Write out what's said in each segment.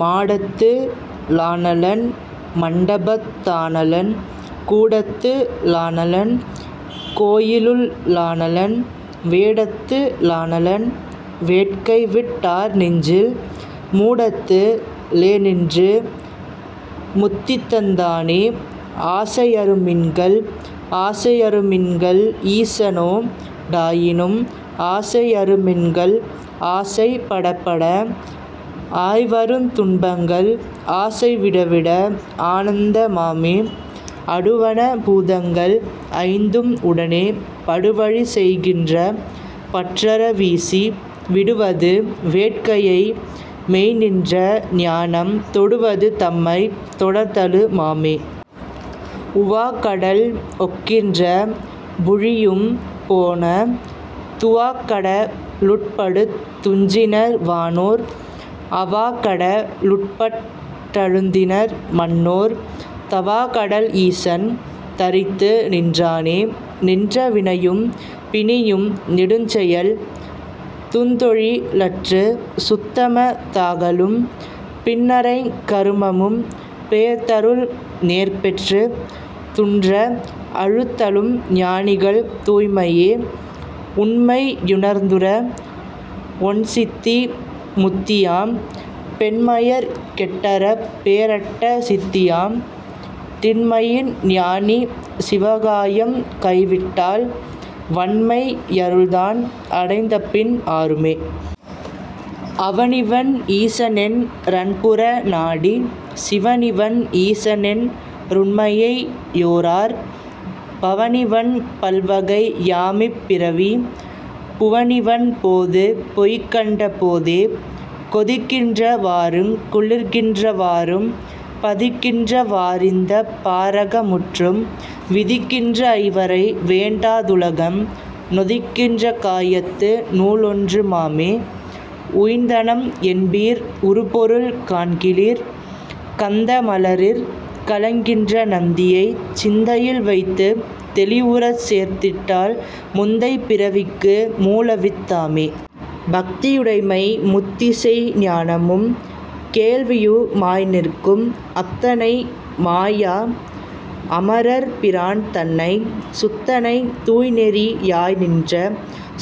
மாடத்து ளானலன் மண்டபத் தானலன் கூடத்து ளானலன் கோயிலுள் ளானலன் வேடத்து ளானலன் வேட்கைவிட் டார்நெஞ்சில் மூடத்து ளேநின்று முத்திதந் தானே.. ஆசை யறுமின்கள் ஆசை யறுமின்கள் ஈசனோ டாயினும் ஆசை யறுமின்கள் ஆசை படப்பட ஆய்வருந் துன்பங்கள் ஆசை விடவிட ஆனந்த மாமே.. அடுவன பூதங்கள் ஐந்தும் உடனே படுவழி செய்கின்ற பற்றற வீசி விடுவது வேட்கையை மெய்ந்நின்ற ஞானம் தொடுவது தம்மைத் தொடர்தலு மாமே.. உவாக்கடல் ஒக்கின்ற வூழியும் போன துவாக்கட லுட்படுத் துஞ்சினர் வானோர் அவாக்கட லுட்பட் டழுந்தினர் மண்ணோர் தவாக்கடல் ஈசன் தரித்து நின்றானே.. நின்ற வினையும் பிணியும் நெடுஞ்செயல் துந்தொழி லற்றுச் சுத்தம தாகலும் பின்னறைங் கருமமும் பேர்த்தருள் நேர்பெற்றுத் துன்ற அழுத்தலும் ஞானிகள் தூய்மையே.. உண்மை யுணர்ந்துற ஒண்சித்தி முத்தியாம் பெண்மயற் கெட்டறப் பேறட்ட சித்தியாம் திண்மையின் ஞானி சிவகாயம் கைவிட்டால் வண்மை யருள்தான் அடைந்தபின் ஆறுமே.. அவனிவன் ஈசனென் றன்புற நாடிச் சிவனிவன் ஈசனென் றுண்மையை யோரார் பவனிவன் பல்வகை யாமிப் பிறவி புவனிவன் போது பொய்கண்ட போதே.. கொதிக்கின்ற வாறுங் குளிர்கின்ற வாறும் பதிக்கின்ற வாறிந்தப் பாரக முற்றும் விதிக்கின்ற ஐவரை வேண்டா துலகம் நொதிக்கின்ற காயத்து நூலொன்று மாமே.. உய்ந்தனம் என்பீர் உறுபொருள் காண்கிலீர் கந்த மலரிற் கலங்கின்ற நந்தியைச் சிந்தையில் வைத்துத் தெளிவுறச் சேர்த்திட்டால் முந்தைப் பிறவிக்கு மூலவித் தாமே... பக்தியுடைமை முத்திசெய் ஞானமும் கேள்வியு மாய்நிற்கும் அத்தனை மாயா அமரர் பிரான்தனைச் சுத்தனை தூய்நெறி யாய்நின்ற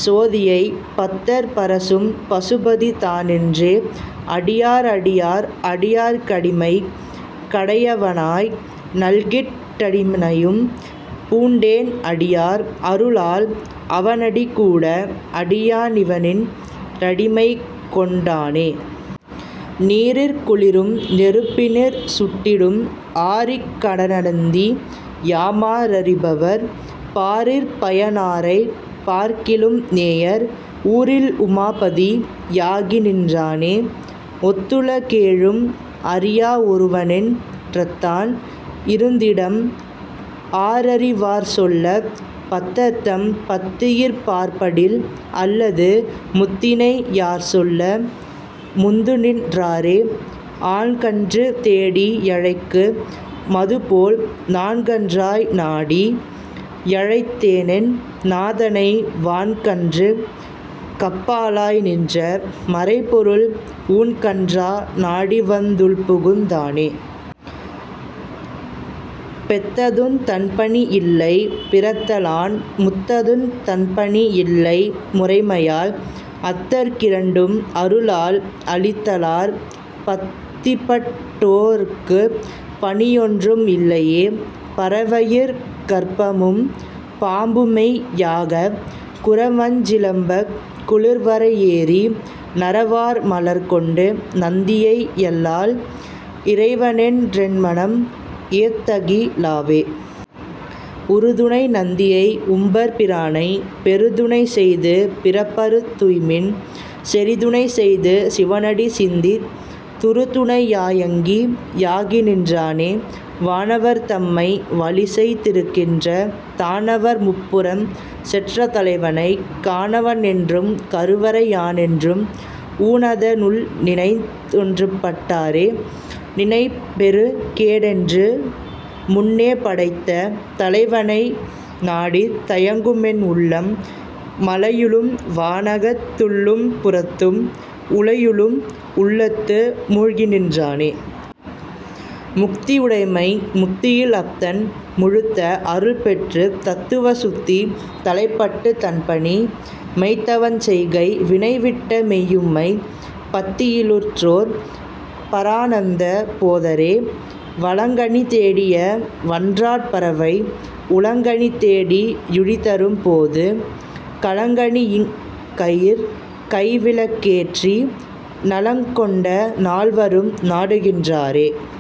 சோதியைப் பத்தர் பரசும் பசுபதி தானென்றே.. அடியார் அடியார் அடியார்க் கடிமைக் கடயவனாய் நல்கிட் டடினையும் பூண்டேன் அடியார் அருளால் அவனடி கூட அடியா னிவனென் றடிமைகொண் டானே.. நீரிற் குளிரும் நெருப்பினிற் சுட்டிடும் ஆரிக் கடனந்தி யாமா ரறிபவர் பாரிற் பயனாரைப் பார்க்கிலும் நேயர் ஊரில் உமாபதி யாகிநின் றானே.. ஒத்துல கேழும் அறியா ஒருவனென் ற்த்தன் இருந்திடம் ஆரறிவார்சொல்லப் பத்தர்தம் பத்தியிற் பாற்படில் அல்லது முத்தினை யார்சொல்ல முந்துநின் றாரே.. ஆன்கன்று தேடி யழைக்கு மதுபோல் நான்கன்றாய் நாடி யழைத்தேனென் நாதனை வான்கன்றுக் கப்பாலாய் நின்ற மறைப்பொருள் ஊன்கன்றா னாடிவந் துள்புகுந் தானே.. பெத்தத்துந் தன்பணி இல்லை பிறத்தலான் முத்தத்துந் தன்பணி இல்லை முறைமையால் அத்தற் கிரண்டும் அருளால் அளித்தலாற் பத்திப்பட் டோ ர்க்குப் பணியொன்றும் இல்லையே.. பறவையிற் கற்பமும் பாம்புமெய் யாகப் குறவஞ் சிலம்பக் குளிர்வரை யேறி நறவார் மலர்கொண்டு நந்தியை யல்லால் இறைவனென் றென்மனம் ஏத்தகி லாவே.. உறுதுணை நந்தியை உம்பர் பிரானை பெறுதுணை செய்து பிறப்பறுத் துய்மின் செறிதுணை செய்து சிவனடி சிந்தித் துறுதுணை யாயங்கி யாகிநின் றானே.. வானவர் தம்மை வலிசெய் திருக்கின்ற தானவர் முப்புரஞ் செற்ற தலைவனைக் கானவன் என்றுங் கருவரை யானென்றும் ஊனத னுள்நினைந் தொன்றுபட் டாரே.. நிலைபெறு கேடென்று முன்னே படைத்த தலைவனை நாடித் தயங்குமென் உள்ளம் மலையுளும் வானகத் துள்ளும் புறத்தும் உலையுளும் உள்ளத்து மூழ்கிநின் றானே... முத்தியுடைமை முத்தியில் அத்தன் முழுத்த அருள்பெற்றுத் தத்துவ சுத்தி தலைப்பட்டுத் தன்பணி மெய்த்தவஞ் செய்கை வினைவிட்ட மெய்யுண்மைப் பத்தியி லுற்றோர் பரானந்த போதரே.. வளங்கனி தேடிய வன்றாட் பறவை உளங்கனி தேடி யுழிதரும் போது களங்கனி யங்கியிற் கைவிளக் கேற்றி நலங் கொண்ட நால்வரும் நாடுகின்றாரே..